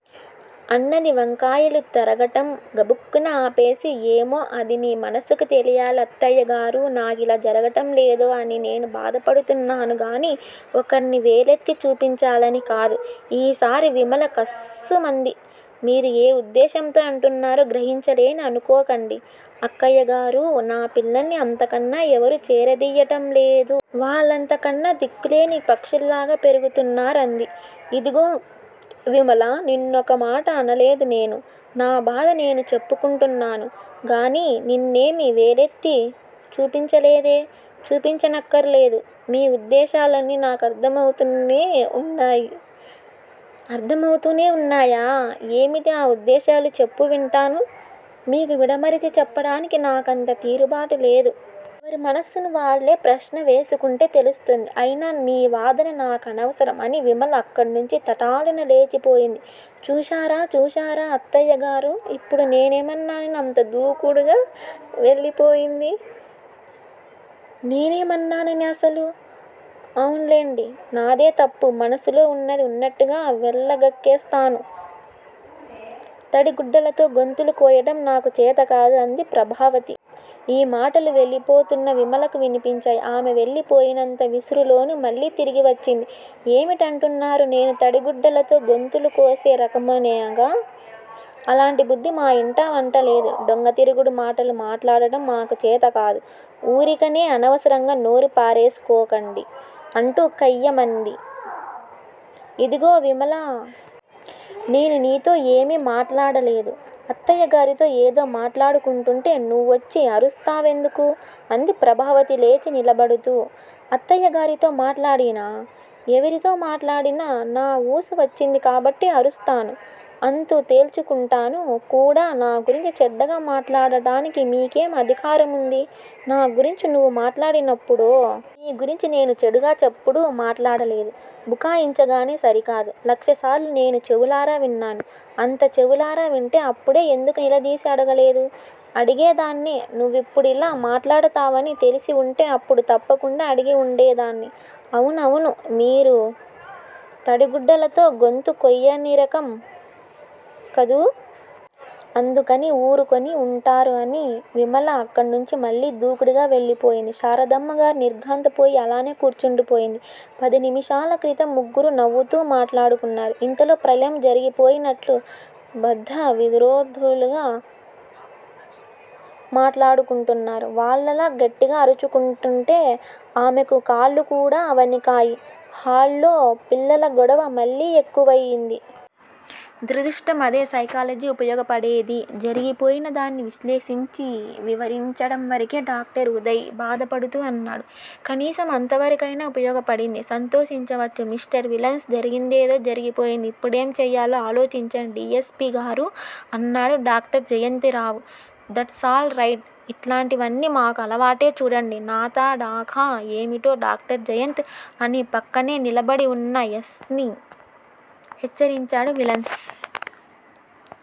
అన్నది వంకాయలు తరగటం గబుక్కున ఆపేసి. ఏమో, అది మీ మనస్సుకి తెలియాలి అత్తయ్యగారూ! నాకిలా జరగటం లేదే అని నేను బాధపడుతున్నాను గానీ ఒకర్ని వేలెత్తి చూపించాలని కాదు. ఈసారి విమల కస్సుమంది. మీరు ఏ ఉద్దేశంతో అంటున్నారో గ్రహించలేనని అనుకోకండి అక్కయ్యగారూ! నా పిల్లల్ని అంతకన్నా ఎవరూ చేరదియ్యటంలేదు. వాళ్ళంతకన్నా దిక్కులేని పక్షుల్లాగా పెరుగుతున్నారు అంది. ఇదిగో విమలా, నిన్నొకమాట అనలేదు నేను. నా బాధ నేను చెప్పుకుంటున్నాను గానీ నిన్నేమీ వేలెత్తి చూపించలేదే? చూపించనక్కరలేదు. మీ ఉద్దేశాలన్నీ నాకర్ధమవుతూనే వున్నాయి. అర్ధమవుతూనే వున్నాయా? ఏమిటి ఆ ఉద్దేశాలు చెప్పు వింటాను? మీకు విడమరిచి చెప్పడానికి నాకంత తీరుబాటు లేదు. ఎవరి మనస్సును వాళ్ళే ప్రశ్నవేసుకుంటే తెలుస్తుంది. అయినా మీ వాదన నాకనవసరం అని విమల అక్కడ్నుంచి తటాలున లేచిపోయింది. చూశారా, చూశారా అత్తయ్యగారూ! ఇప్పుడు నేనేమన్నానని అంత దూకుడుగా వెళ్ళిపోయింది? నేనేమన్నానని అసలు? అవున్లెండి, నాదే తప్పు మనసులో వున్నది వున్నట్లుగా వెళ్ళగ్రక్కేస్తాను. తడి గుడ్డలతో గొంతులు కోయటం నాకు చేతకాదు అంది ప్రభావతి. ఈ మాటలు వెళ్ళిపోతున్న విమలకు వినిపించాయి. ఆమె వెళ్ళిపోయినంత విసురులోనూ మళ్ళీ తిరిగివచ్చింది. ఏమిటంటున్నారు? నేను తడిగుడ్డలతో గొంతులుకోసే రకమనేగా? అలాంటి బుద్ది మా ఇంటా వంటా లేదు. డొంకతిరుగుడు మాటలు మాట్లాడటం మాకు చేతకాదు. ఊరికినే అనవసరంగా నోరు పారేసుకోకండి అంటూ కయ్యిమంది. ఇదిగో విమలా! నేను నీతో ఏమీ మాట్లాడలేదు. అత్తయ్యగారితో ఏదో మాట్లాడుకుంటుంటే నువ్వొచ్చి అరుస్తావెందుకు? అంది ప్రభావతి లేచి నిలబడుతూ. అత్తయ్యగారితో మాట్లాడినా, ఎవరితో మాట్లాడినా నా ఊసు వచ్చింది కాబట్టి అరుస్తాను. అంతు తేల్చుకుంటాను కూడా నా గురించి చెడ్డగా మాట్లాడటానికి మీకేం అధికారముందు? నాగురించి నువ్వు మాట్లాడినప్పుడో. మీ గురించి నేను చెడ్డగా ఎప్పుడూ మాట్లాడలేదు. బుకాయించగానే సరికాదు. లక్షసార్లు నేను చెవులారా విన్నాను. అంత చెవులారా వింటే అప్పుడే ఎందుకు నిలదీసి అడగలేదు? అడిగేదాన్నే నువ్విప్పుడిలా మాట్లాడతావని తెలిసివుంటే అప్పుడు తప్పకుండా అడిగి వుండేదాన్ని. అవునవును మీరు తడిగుడ్డలతో గొంతు కొయ్యనిరకం కదూ? అందుకని ఊరుకుని వుంటారు అని విమల అక్కడ్నుంచి మళ్ళీ దూకుడుగా వెళ్ళిపోయింది. శారదమ్మగారు నిర్ఘాంతపోయి అలానే కూర్చుండిపోయింది. పదినిముషాల క్రితం ముగ్గురూ నవ్వుతూ మాట్లాడుకున్నారు. ఇంతలో ప్రళయం జరిగిపోయినట్లు బద్ధవిరోధుల్లా మాట్లాడుకుంటున్నారు. వాళ్ళలా గట్టిగా అరుచుకుంటుంటే ఆమెకు కాళ్ళుకూడా వణికాయి. హాల్లో పిల్లల గొడవ మళ్ళీ ఎక్కువయింది. దురదృష్టం అదే సైకాలజీ ఉపయోగపడేది జరిగిపోయినదాన్ని విశ్లేషించి వివరించడంవరకే డాక్టర్ ఉదయ్ బాధపడుతూ అన్నాడు. కనీసం అంతవరకయినా ఉపయోగపడింది. సంతోషించవచ్చు. మిష్టర్స్ విల్సన్ జరిగిందేదో జరిగిపోయింది. ఇప్పుడేం చెయ్యాలో ఆలోచించండి డి. యస్. పి. గారూ? అన్నాడు doctor Jayant Rao. That's all right! ఇట్లాటివన్నీ మాకు అలవాటే చూడండి నాతడాఖా ఏమిటో డాక్టర్ జయంత్ అని పక్కనే నిలబడి వున్న యస్ని హెచ్చరించాడు విల్సన్.